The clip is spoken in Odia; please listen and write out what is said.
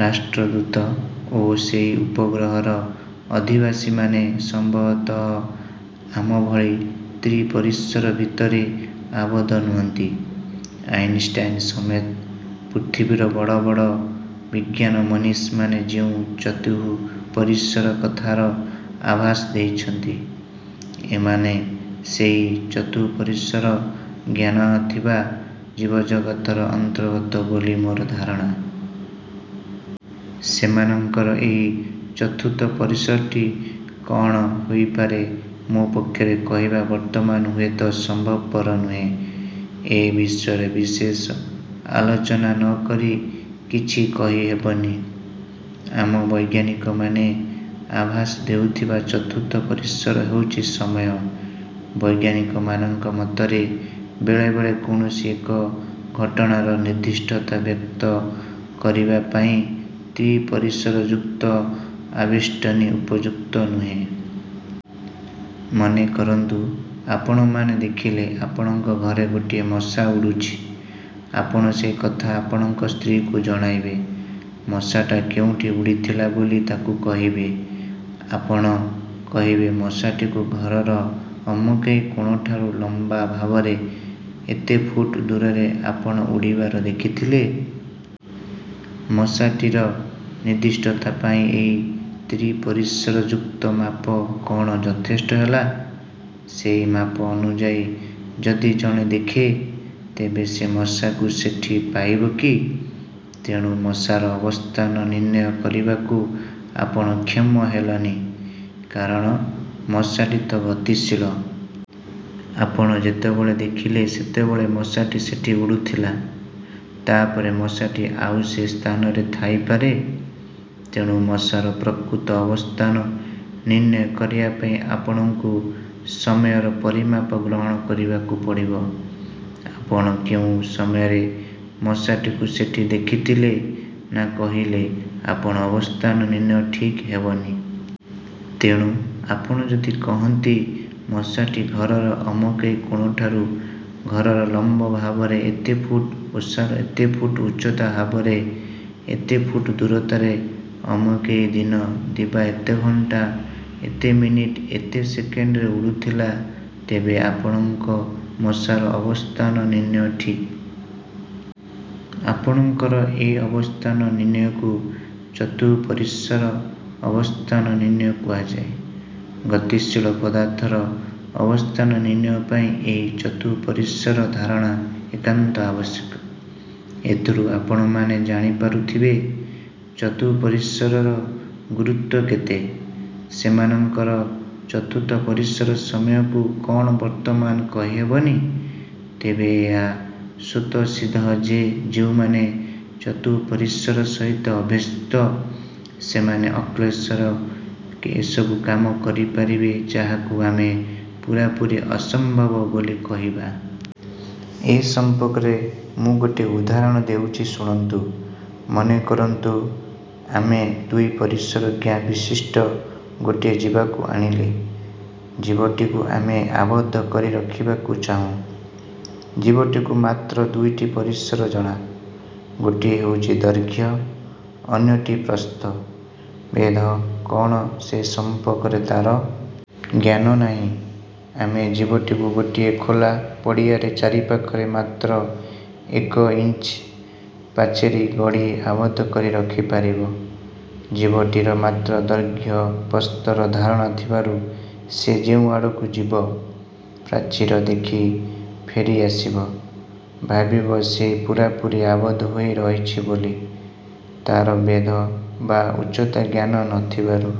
ରାଷ୍ଟ୍ରଦୂତ ଓ ସେହି ଉପଗ୍ରହର ଅଧିବାସୀମାନେ ସମ୍ଭବତଃ ଆମ ଭଳି ତ୍ରିପରିସର ଭିତରେ ଆବଦ୍ଧ ନୁହନ୍ତି। ଆଇନଷ୍ଟାଇନ୍ ସମେତ ପୃଥିବୀର ବଡ଼ ବଡ଼ ବିଜ୍ଞାନ ମନିଷୀମାନେ ଯେଉଁ ଚତୁଃ ପରିସର କଥାର ଆଭାସ ଦେଇଛନ୍ତି, ଏମାନେ ସେହି ଚତୁଃପରିସର ଜ୍ଞାନ ଥିବା ଜୀବଜଗତର ଅନ୍ତର୍ଗତ ବୋଲି ମୋର ଧାରଣା। ସେମାନଙ୍କର ଏହି ଚତୁର୍ଥ ପରିସରଟି କଣ ହୋଇପାରେ ମୋ ପକ୍ଷରେ କହିବା ବର୍ତ୍ତମାନ ହୁଏତ ସମ୍ଭବପର ନୁହେଁ। ଏ ବିଷୟରେ ବିଶେଷ ଆଲୋଚନା ନ କରି କିଛି କହିହେବନି। ଆମ ବୈଜ୍ଞାନିକମାନେ ଆଭାସ ଦେଇଥିବା ଚତୁର୍ଥ ପରିସର ହେଉଛି ସମୟ। ବୈଜ୍ଞାନିକମାନଙ୍କ ମତରେ ବେଳେବେଳେ କୌଣସି ଏକ ଘଟଣାର ନିର୍ଦ୍ଦିଷ୍ଠତା ବ୍ୟକ୍ତ କରିବା ପାଇଁ ତ୍ରିପରିସରଯୁକ୍ତ ଆବେଷ୍ଟନୀ ଉପଯୁକ୍ତ ନୁହେଁ। ମନେକରନ୍ତୁ ଆପଣମାନେ ଦେଖିଲେ ଆପଣଙ୍କ ଘରେ ଗୋଟିଏ ମଶା ଉଡ଼ୁଛି। ଆପଣ ସେଇ କଥା ଆପଣଙ୍କ ସ୍ତ୍ରୀଙ୍କୁ ଜଣାଇବେ। ମଶାଟା କେଉଁଠି ଉଡ଼ିଥିଲା ବୋଲି ତାଙ୍କୁ କହିବେ? ଆପଣ କହିବେ ମଶାଟିକୁ ଘରର ଅମକେଇ କୋଣଠାରୁ ଲମ୍ଵାଭାବରେ ଏତେ ଫୁଟ ଦୂରରେ ଆପଣ ଉଡ଼ିବାର ଦେଖିଥିଲେ। ମଶାଟିର ନିର୍ଦ୍ଦିଷ୍ଠତା ପାଇଁ ଏହି ତ୍ରିପରିସର ଯୁକ୍ତ ମାପ କଣ ଯଥେଷ୍ଟ ହେଲା? ସେହି ମାପ ଅନୁଯାଇ ଯଦି ଜଣେ ଦେଖେ, ତେବେ ସେ ମଶାକୁ ସେଠି ପାଇବକି? ତେଣୁ ମଶାର ଅବସ୍ଥାନ ନିର୍ଣ୍ଣୟ କରିବାକୁ ଆପଣ କ୍ଷମ ହେଲେନି। କାରଣ ମଶାଟି ତ ଗତିଶୀଳ। ଆପଣ ଯେତେବେଳେ ଦେଖିଲେ ସେତେବେଳେ ମଶାଟି ସେଠି ଉଡ଼ୁଥିଲା; ତାପରେ ମଶାଟି ଆଉ ସେ ସ୍ଥାନରେ ଥାଇ ପାରେ। ତେଣୁ ମଶାର ପ୍ରକୃତ ଅବସ୍ଥାନ ନିର୍ଣ୍ଣୟ କରିବା ପାଇଁ ଆପଣଙ୍କୁ ସମୟର ପରିମାପ ଗ୍ରହଣ କରିବାକୁ ପଡ଼ିବ। ଆପଣ କେଉଁ ସମୟରେ ମଶାଟିକୁ ସେଠି ଦେଖିଥିଲେ ନ କହିଲେ ଆପଣ ଅବସ୍ଥାନ ନିର୍ଣ୍ଣୟ ଠିକ୍ ହେବନି। ତେଣୁ ଆପଣ ଯଦି କହନ୍ତି ମଶାଟି ଘରର ଅମକେଇ କୋଣଠାରୁ ଘରର ଲମ୍ବ ଭାବରେ ଏତେ ଫୁଟ ଓସାର ଏତେ ଫୁଟ ଉଚ୍ଚତା ଭାବରେ ଏତେ ଫୁଟ ଦୂରତାରେ ଅମକେଇ ଦିନ ଦିବା ଏତେ ଘଣ୍ଟା ଏତେ ମିନିଟ୍ ଏତେ ସେକେଣ୍ଡରେ ଉଡ଼ୁଥିଲା ତେବେ ଆପଣଙ୍କ ମଶାର ଅବସ୍ଥାନ ନିର୍ଣ୍ଣୟ ଠିକ୍। ଆପଣଙ୍କର ଏ ଅବସ୍ଥାନ ନିର୍ଣ୍ଣୟକୁ ଚତୁଃପରିସର ଅବସ୍ଥାନ ନିର୍ଣ୍ଣୟ କୁହାଯାଏ। ଗତିଶୀଳ ପଦାର୍ଥର ଅବସ୍ଥାନ ନିର୍ଣ୍ଣୟ ପାଇଁ ଏହି ଚତୁଃପରିସର ଧାରଣା ଏକାନ୍ତ ଆବଶ୍ୟକ। ଏଥିରୁ ଆପଣମାନେ ଜାଣିପାରୁଥିବେ, ଚତୁଃପରିସରର ଗୁରୁତ୍ୱ କେତେ? ସେମାନଙ୍କର ଚତୁର୍ଥ ପରିସର ସମୟକୁ କଅଣ ବର୍ତ୍ତମାନ କହିହେବନି; ତେବେ ଏହା ସ୍ୱତସିଦ୍ଧଃ ଯେ ଯେଉଁମାନେ ଚତୁଃପରିସର ସହିତ ଅଭ୍ୟସ୍ତ, ସେମାନେ ଅକ୍ଳେଶରେ ଏସବୁ କାମ କରିପାରିବେ, ଯାହାକୁ ଆମେ ପୂରାପୂରି ଅସମ୍ଭବ ବୋଲି କହିବା। ଏ ସମ୍ପର୍କରେ ମୁଁ ଗୋଟିଏ ଉଦାହରଣ ଦେଉଛି ଶୁଣନ୍ତୁ। ମନେକରନ୍ତୁ, ଆମେ ଦ୍ୱିପରିସର ଜ୍ଞା ବିଶିଷ୍ଟ ଗୋଟିଏ ଯିବାକୁ ଆଣିଲେ। ଜୀବଟିକୁ ଆମେ ଆବଦ୍ଧ କରି ରଖିବାକୁ ଚାହୁଁ। ଜୀବଟିକୁ ମାତ୍ର ଦୁଇଟି ପରିସର ଜଣା। ଗୋଟିଏ ହେଉଛି ଦୈର୍ଘ୍ୟ, ଅନ୍ୟଟି ପ୍ରସ୍ଥ। ବେଧ କଣ ସେ ସମ୍ପର୍କରେ ତାର। ଜ୍ଞାନ ନାହିଁ। ଆମେ ଜୀବଟିକୁ ଗୋଟିଏ ଖୋଲା ପଡ଼ିଆରେ ଚାରିପାଖରେ ମାତ୍ର ଏକଇଞ୍ଚିଅ ପାଚେରୀ ଗଢ଼ି ଆବଦ୍ଧ କରି ରଖିପାରିବ। ଜୀବଟିର ମାତ୍ର ଦୈର୍ଘ୍ୟ ପ୍ରସ୍ଥର ଧାରଣା ଥିବାରୁ ସେ ଯେଉଁ ଆଡ଼କୁ ଯିବ, ପ୍ରାଚୀର ଦେଖି ଫେରି ଆସିବ। ଭାବିବ ସେ ପୂରାପୂରି ଆବଦ୍ଧ ହୋଇ ରହିଛି ବୋଲି। ତାର ବେଧ ବା ଉଚ୍ଚତା ଜ୍ଞାନ ନ ଥିବାରୁ